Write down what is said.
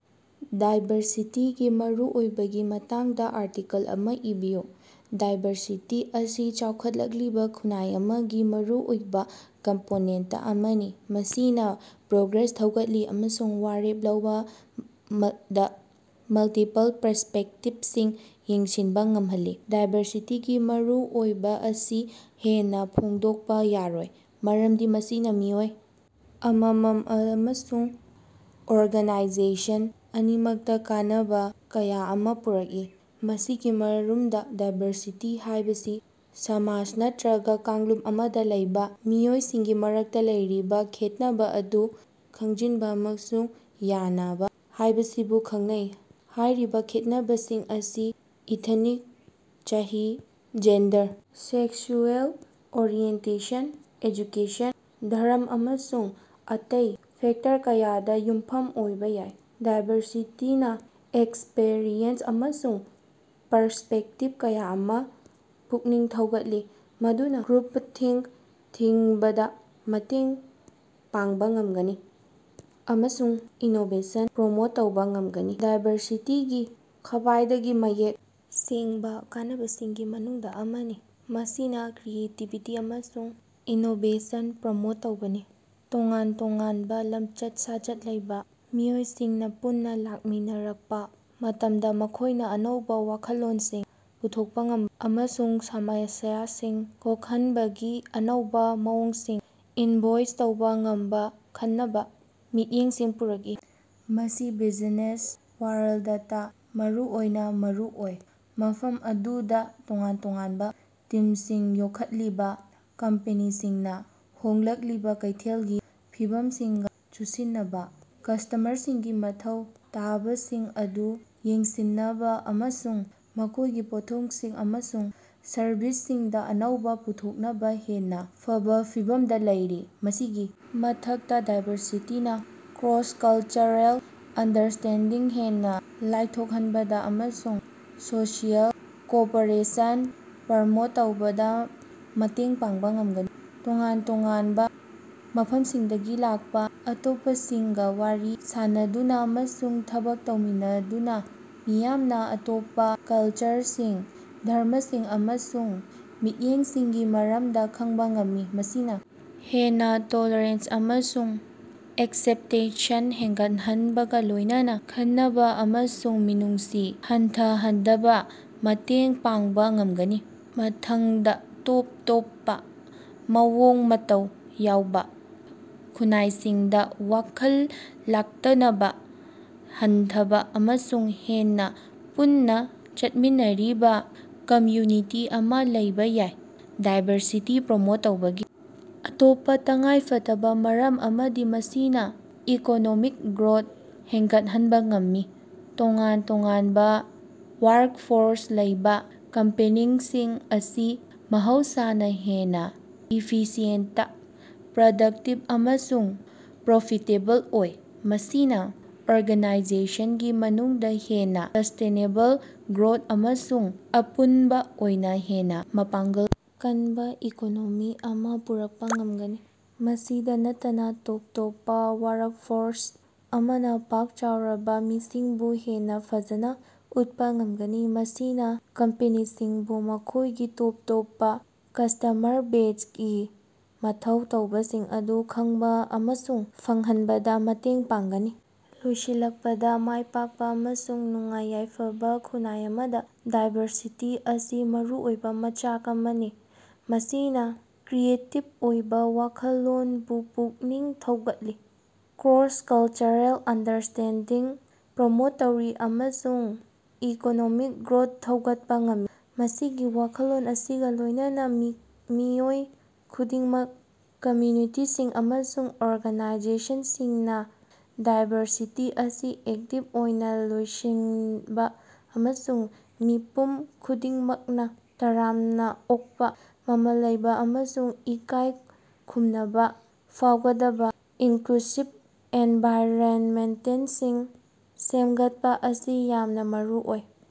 ꯗꯥꯏꯕꯔꯁꯤꯇꯤꯒꯤ ꯃꯔꯨꯑꯣꯏꯕꯒꯤ ꯃꯇꯥꯡꯗ ꯑꯥꯔꯇꯤꯀꯜ ꯑꯃꯥ ꯏꯕꯤꯌꯨ꯫ ꯗꯥꯏꯕꯔꯁꯤꯇꯤ ꯑꯁꯤ ꯆꯥꯎꯈꯠꯂꯛꯂꯤꯕ ꯈꯨꯟꯅꯥꯏ ꯑꯃꯒꯤ ꯃꯔꯨꯑꯣꯏꯕ ꯀꯝꯄꯣꯅꯦꯟꯇ ꯑꯃꯅꯤ, ꯃꯁꯤꯅꯥ ꯄ꯭ꯔꯣꯒ꯭ꯔꯦꯁ ꯊꯧꯒꯠꯂꯤ ꯑꯃꯁꯨꯡ ꯋꯥꯔꯦꯞ ꯂꯧꯕꯗ ꯃꯜꯇꯤꯄꯜ ꯄꯔꯁ꯭ꯄꯦꯛꯇꯤꯕꯁꯤꯡ ꯌꯦꯡꯁꯤꯟꯕ ꯉꯝꯍꯜꯂꯤ꯫ ꯗꯥꯏꯕꯔꯁꯤꯇꯤꯒꯤ ꯃꯔꯨꯑꯣꯏꯕ ꯑꯁꯤ ꯍꯦꯟꯅ ꯐꯣꯡꯗꯣꯛꯄ ꯌꯥꯔꯣꯏ, ꯃꯔꯝꯗꯤ ꯃꯁꯤꯅ ꯃꯤꯑꯣꯏ ꯑꯃꯃꯝ ꯑꯃꯁꯨꯡ ꯑꯣꯔꯒꯅꯥꯏꯖꯦꯁꯟ ꯑꯅꯤꯃꯛꯇ ꯀꯥꯟꯅꯕ ꯀꯌ ꯑꯃ ꯄꯨꯔꯛꯏ꯫ ꯃꯁꯤꯒꯤ ꯃꯔꯨꯝꯗ, ꯗꯥꯏꯕꯔꯁꯤꯇꯤ ꯍꯥꯏꯕꯁꯤ ꯁꯃꯥꯖ ꯅꯠꯇꯔꯒ ꯀꯥꯡꯂꯨꯞ ꯑꯃꯗ ꯂꯩꯕ ꯃꯤꯑꯣꯏꯁꯤꯡꯒꯤ ꯃꯔꯛꯇ ꯂꯩꯔꯤꯕ ꯈꯦꯠꯅꯕ ꯑꯗꯨ ꯈꯪꯖꯤꯟꯕ ꯑꯃꯁꯨꯡ ꯌꯥꯅꯕ ꯍꯥꯏꯕꯁꯤꯕꯨ ꯈꯪꯅꯩ꯫ ꯍꯥꯏꯔꯤꯕ ꯈꯦꯠꯅꯕꯁꯤꯡ ꯑꯁꯤ ꯏꯊꯅꯤꯛ, ꯆꯍꯤ, ꯖꯦꯟꯗꯔ, ꯁꯦꯛꯁꯨꯑꯦꯜ ꯑꯣꯔꯤꯑꯦꯟꯇꯦꯁꯟ, ꯑꯦꯖꯨꯀꯦꯁꯟ, ꯙꯔꯝ ꯑꯃꯁꯨꯡ ꯑꯇꯩ ꯐꯦꯛꯇꯔ ꯀꯌꯥꯗ ꯌꯨꯝꯐꯝ ꯑꯣꯏꯕ ꯌꯥꯏ꯫ ꯗꯥꯏꯕꯔꯁꯤꯇꯤꯅ ꯑꯦꯛꯁꯄꯔꯤꯌꯦꯟꯁ ꯑꯃꯁꯨꯡ ꯄꯔꯁ꯭ꯄꯦꯛꯇꯤꯕ ꯀꯌꯥ ꯑꯃ ꯄꯨꯛꯅꯤꯡ ꯊꯧꯒꯠꯂꯤ, ꯃꯗꯨꯅ ꯒ꯭ꯔꯨꯄꯊꯤꯡꯀ ꯊꯤꯡꯕꯗ ꯃꯇꯦꯡ ꯄꯥꯡꯕ ꯉꯝꯒꯅꯤ ꯑꯃꯁꯨꯡ ꯏꯅꯣꯕꯦꯁꯟ ꯄ꯭ꯔꯃꯣꯠ ꯇꯧꯕ ꯉꯝꯒꯅꯤ꯫ ꯗꯥꯏꯕꯔꯁꯤꯇꯤꯒꯤ ꯈ꯭ꯕꯥꯏꯗꯒꯤ ꯃꯌꯦꯛ ꯁꯦꯡꯕ ꯀꯥꯟꯅꯕꯁꯤꯡꯒꯤ ꯃꯅꯨꯡꯗ ꯑꯃꯗꯤ ꯃꯁꯤꯅ ꯀ꯭ꯔꯤꯌꯦꯇꯤꯕꯤꯇꯤ ꯑꯃꯁꯨꯡ ꯏꯅꯣꯕꯦꯁꯟ ꯄ꯭ꯔꯃꯣꯠ ꯇꯧꯕꯅꯤ꯫ ꯇꯣꯉꯥꯟ-ꯇꯣꯉꯥꯟꯕ ꯂꯝꯆꯠ-ꯁꯥꯖꯠ ꯂꯩꯕ ꯃꯤꯑꯣꯏꯁꯤꯡꯅ ꯄꯨꯟꯅ ꯂꯥꯛꯃꯤꯟꯅꯔꯛꯄ ꯃꯇꯝꯗ ꯃꯈꯣꯏꯅ ꯑꯅꯧꯕ ꯋꯥꯈꯜꯂꯣꯟꯁꯤꯡ ꯄꯨꯊꯣꯛꯄ ꯉꯝꯕ ꯑꯃꯁꯨꯡ ꯁꯃꯁ꯭ꯌꯥꯁꯤꯡ ꯀꯣꯛꯍꯟꯅꯕꯒꯤ ꯑꯅꯧꯕ ꯃꯑꯣꯡꯁꯤꯡ ꯏꯟꯚꯣꯏꯁ ꯇꯧꯕ ꯉꯝꯕ ꯑꯈꯟꯅꯕ ꯃꯤꯠꯌꯦꯡꯁꯤꯡ ꯄꯨꯔꯛꯏ꯫ ꯃꯁꯤ ꯕꯤꯖꯤꯅꯦꯁ ꯋꯥꯔꯜꯗꯇꯥ ꯃꯔꯨꯑꯣꯏꯅ ꯃꯔꯨꯑꯣꯏ, ꯃꯐꯝ ꯑꯗꯨꯗ ꯇꯣꯉꯥꯟ ꯇꯣꯉꯥꯟꯕ ꯇꯤꯝꯁꯤꯡ ꯌꯣꯛꯈꯠꯂꯤꯕꯥ ꯀꯝꯄꯦꯅꯤꯁꯤꯡꯅ ꯍꯣꯡꯂꯛꯂꯤꯕ ꯀꯩꯊꯦꯜꯒꯤ ꯐꯤꯚꯝꯁꯤꯡꯒ ꯆꯨꯁꯤꯟꯅꯅꯕ, ꯀꯁ꯭ꯇꯃꯔꯁꯤꯡꯒꯤ ꯃꯊꯧ ꯇꯥꯕꯁꯤꯡ ꯑꯗꯨ ꯌꯦꯡꯁꯤꯟꯅꯕ ꯑꯃꯁꯨꯡ ꯃꯈꯣꯏꯒꯤ ꯄꯣꯠꯊꯣꯛꯁꯤꯡ ꯑꯃꯁꯨꯡ ꯁꯔꯕꯤꯁꯁꯤꯡꯗꯥ ꯑꯅꯧꯕ ꯄꯨꯊꯣꯛꯅꯕ ꯍꯦꯟꯅ ꯐꯕ ꯐꯤꯚꯝꯗ ꯂꯩꯔꯤ꯫ ꯃꯁꯤꯒꯤ ꯃꯊꯛꯇ, ꯗꯥꯏꯕꯔꯁꯤꯇꯤꯅ ꯀ꯭ꯔꯣꯁ-ꯀꯜꯆꯔꯦꯜ ꯑꯟꯗꯔꯁ꯭ꯇꯦꯟꯗꯤꯡ ꯍꯦꯟꯅ ꯂꯥꯏꯊꯣꯛꯍꯟꯕꯗ ꯑꯃꯁꯨꯡ ꯁꯣꯁꯤꯑꯦꯜ ꯀꯣꯑꯣꯄꯔꯦꯁꯟ ꯄ꯭ꯔꯃꯣꯠ ꯇꯧꯕꯗ ꯃꯇꯦꯡ ꯄꯥꯡꯕ ꯉꯝꯒꯅꯤ꯫ ꯇꯣꯉꯥꯟ-ꯇꯣꯉꯥꯟꯕ ꯃꯐꯝꯁꯤꯡꯗꯒꯤ ꯂꯥꯛꯄꯥ ꯑꯇꯣꯞꯄꯁꯤꯡꯒ ꯋꯥꯔꯤ ꯁꯥꯅꯗꯨꯅ ꯑꯃꯁꯨꯡ ꯊꯕꯛ ꯇꯧꯃꯤꯟꯅꯗꯨꯅ ꯃꯤꯌꯥꯝꯅ ꯑꯇꯣꯞꯄ ꯀꯜꯆꯔꯁꯤꯡ, ꯙꯔꯝꯃꯁꯤꯡ ꯑꯃꯁꯨꯡ ꯃꯤꯠꯌꯦꯡꯁꯤꯡꯒꯤ ꯃꯔꯝꯗ ꯈꯪꯕ ꯉꯝꯃꯤ꯫ ꯃꯁꯤꯅ ꯍꯦꯟꯅ ꯇꯣꯜꯔꯦꯟꯁ ꯑꯃꯁꯨꯡ ꯑꯦꯛꯁꯦꯞꯇꯦꯟꯁ ꯍꯦꯟꯒꯠꯍꯟꯕꯒ ꯂꯣꯏꯅꯅ ꯈꯦꯟꯅꯕ ꯑꯃꯁꯨꯡ ꯃꯤꯅꯨꯡꯁꯤ ꯍꯟꯊꯍꯟꯕꯗ ꯃꯇꯦꯡ ꯄꯥꯡꯕ ꯉꯝꯒꯅꯤ꯫ ꯃꯊꯪꯗ, ꯇꯣꯞ ꯇꯣꯞꯄ ꯃꯑꯣꯡ-ꯃꯇꯧ ꯌꯥꯎꯕ ꯈꯨꯟꯅꯥꯏꯁꯤꯡꯗ ꯋꯥꯈꯜ ꯂꯥꯡꯇꯛꯅꯕ ꯍꯟꯊꯕ ꯑꯃꯁꯨꯡ ꯍꯦꯟꯅ ꯄꯨꯟꯅ ꯆꯠꯃꯤꯟꯅꯔꯤꯕ ꯀꯝꯌꯨꯅꯤꯇꯤ ꯑꯃ ꯂꯩꯕꯥ ꯌꯥꯏ꯫ ꯗꯥꯏꯕꯔꯁꯤꯇꯤ ꯄ꯭ꯔꯃꯣꯠ ꯇꯧꯕꯒꯤ ꯑꯇꯣꯞꯄꯥ ꯇꯉꯥꯏꯐꯗꯕ ꯃꯔꯝ ꯑꯃꯗꯤ ꯃꯁꯤꯅ ꯏꯀꯣꯅꯣꯃꯤꯛ ꯒ꯭ꯔꯣꯊ ꯍꯦꯡꯒꯠꯍꯟꯕ ꯉꯝꯃꯤ꯫ ꯇꯣꯉꯥꯟ ꯇꯣꯉꯥꯟꯕ ꯋꯥꯔꯛꯐꯣꯔꯁ ꯂꯩꯕ ꯀꯝꯄꯦꯅꯤꯁꯤꯡ ꯑꯁꯤ ꯃꯍꯧꯁꯥꯅ ꯍꯦꯟꯅ ꯏꯐꯤꯁꯤꯌꯦꯟꯇ, ꯄ꯭ꯔꯗꯛꯇꯤꯕ ꯑꯃꯁꯨꯡ ꯄ꯭ꯔꯣꯐꯤꯇꯦꯕꯜ ꯑꯣꯏ꯫ ꯃꯁꯤꯅ ꯑꯣꯔꯒꯅꯥꯏꯖꯦꯁꯟꯒꯤ ꯃꯅꯨꯡꯗ ꯍꯦꯟꯅꯥ ꯁꯁ꯭ꯇꯦꯅꯦꯕꯜ ꯒ꯭ꯔꯣꯊ ꯑꯃꯁꯨꯡ ꯑꯄꯨꯟꯕ ꯑꯣꯏꯅ ꯍꯦꯟꯅ ꯃꯄꯥꯡꯒꯜ ꯀꯟꯕ ꯏꯀꯣꯅꯣꯃꯤ ꯑꯃ ꯄꯨꯔꯛꯄ ꯉꯝꯒꯅꯤ꯫ ꯃꯁꯤꯗ ꯅꯠꯇꯅ, ꯇꯣꯞ ꯇꯣꯞꯄ ꯋꯥꯔꯛꯐꯣꯔꯁ ꯑꯃꯅ ꯄꯥꯛ ꯆꯥꯎꯔꯕ ꯃꯤꯁꯤꯡꯕꯨ ꯍꯦꯟꯅ ꯐꯖꯅ ꯎꯠꯄ ꯉꯝꯒꯅꯤ, ꯃꯁꯤꯅ ꯀꯝꯄꯦꯅꯤꯁꯤꯡꯕꯨ ꯃꯈꯣꯏꯒꯤ ꯇꯣꯞ ꯇꯣꯞꯄ ꯀꯁ꯭ꯇꯃꯔ ꯕꯦꯖꯒꯤ ꯃꯊꯧ ꯇꯥꯕꯁꯤꯡ ꯑꯗꯨ ꯈꯪꯕ ꯑꯃꯁꯨꯡ ꯐꯪꯍꯟꯕꯗ ꯃꯇꯦꯡ ꯄꯥꯡꯒꯅꯤ꯫ ꯂꯣꯏꯁꯤꯜꯂꯛꯄꯗ, ꯃꯥꯏꯄꯥꯛꯄ ꯑꯃꯁꯨꯡ ꯅꯨꯡꯉꯥꯏ-ꯌꯥꯏꯐꯕ ꯈꯨꯟꯅꯥꯏ ꯑꯃꯗꯥ ꯗꯥꯏꯕꯔꯁꯤꯇꯤ ꯑꯁꯤ ꯃꯔꯨꯑꯣꯏꯕ ꯃꯆꯥꯛ ꯑꯃꯅꯤ꯫ ꯃꯁꯤꯅ ꯀ꯭ꯔꯤꯌꯦꯇꯤꯕ ꯑꯣꯏꯕ ꯋꯥꯈꯜꯂꯣꯟꯕꯨ ꯄꯨꯛꯅꯤꯡ ꯊꯧꯒꯠꯂꯤ, ꯀ꯭ꯔꯣꯁ-ꯀꯜꯆꯔꯦꯜ ꯑꯟꯗꯔꯁ꯭ꯇꯦꯟꯗꯤꯡ ꯄ꯭ꯔꯃꯣꯠ ꯇꯧꯔꯤ ꯑꯃꯁꯨꯡ ꯏꯀꯣꯅꯣꯃꯤꯛ ꯒ꯭ꯔꯣꯊ ꯊꯧꯒꯠꯄ ꯉꯝꯃꯤ꯫ ꯃꯁꯤꯒꯤ ꯋꯥꯈꯜꯂꯣꯟ ꯑꯁꯤꯒ ꯂꯣꯏꯅꯅ, ꯃꯤꯑꯣꯏ ꯈꯨꯗꯤꯡꯃꯛ, ꯀꯝꯌꯨꯅꯤꯇꯤꯁꯤꯡ ꯑꯃꯁꯨꯡ ꯑꯣꯔꯒꯥꯅꯥꯏꯖꯦꯁꯟꯁꯤꯡꯅ ꯗꯥꯏꯕꯔꯁꯤꯇꯤ ꯑꯁꯤ ꯑꯦꯛꯇꯤꯕ ꯑꯣꯏꯅ ꯂꯧꯁꯤꯟꯕ ꯑꯃꯁꯨꯡ ꯃꯤꯄꯨꯝ ꯈꯨꯗꯤꯡꯃꯛꯅ ꯇꯔꯥꯝꯅ ꯑꯣꯛꯄꯥ, ꯃꯃꯜ ꯂꯩꯕꯥ ꯑꯃꯁꯨꯡ ꯏꯀꯥꯏ ꯈꯨꯝꯅꯕ ꯐꯥꯎꯒꯗꯕ ꯏꯟꯀ꯭ꯂꯨꯁꯤꯕ ꯑꯦꯟꯚꯥꯏꯔꯅꯃꯦꯟꯇꯁꯤꯡ ꯁꯦꯝꯒꯠꯄꯥ ꯑꯁꯤ ꯌꯥꯝꯅ ꯃꯔꯨꯑꯣꯏ꯫।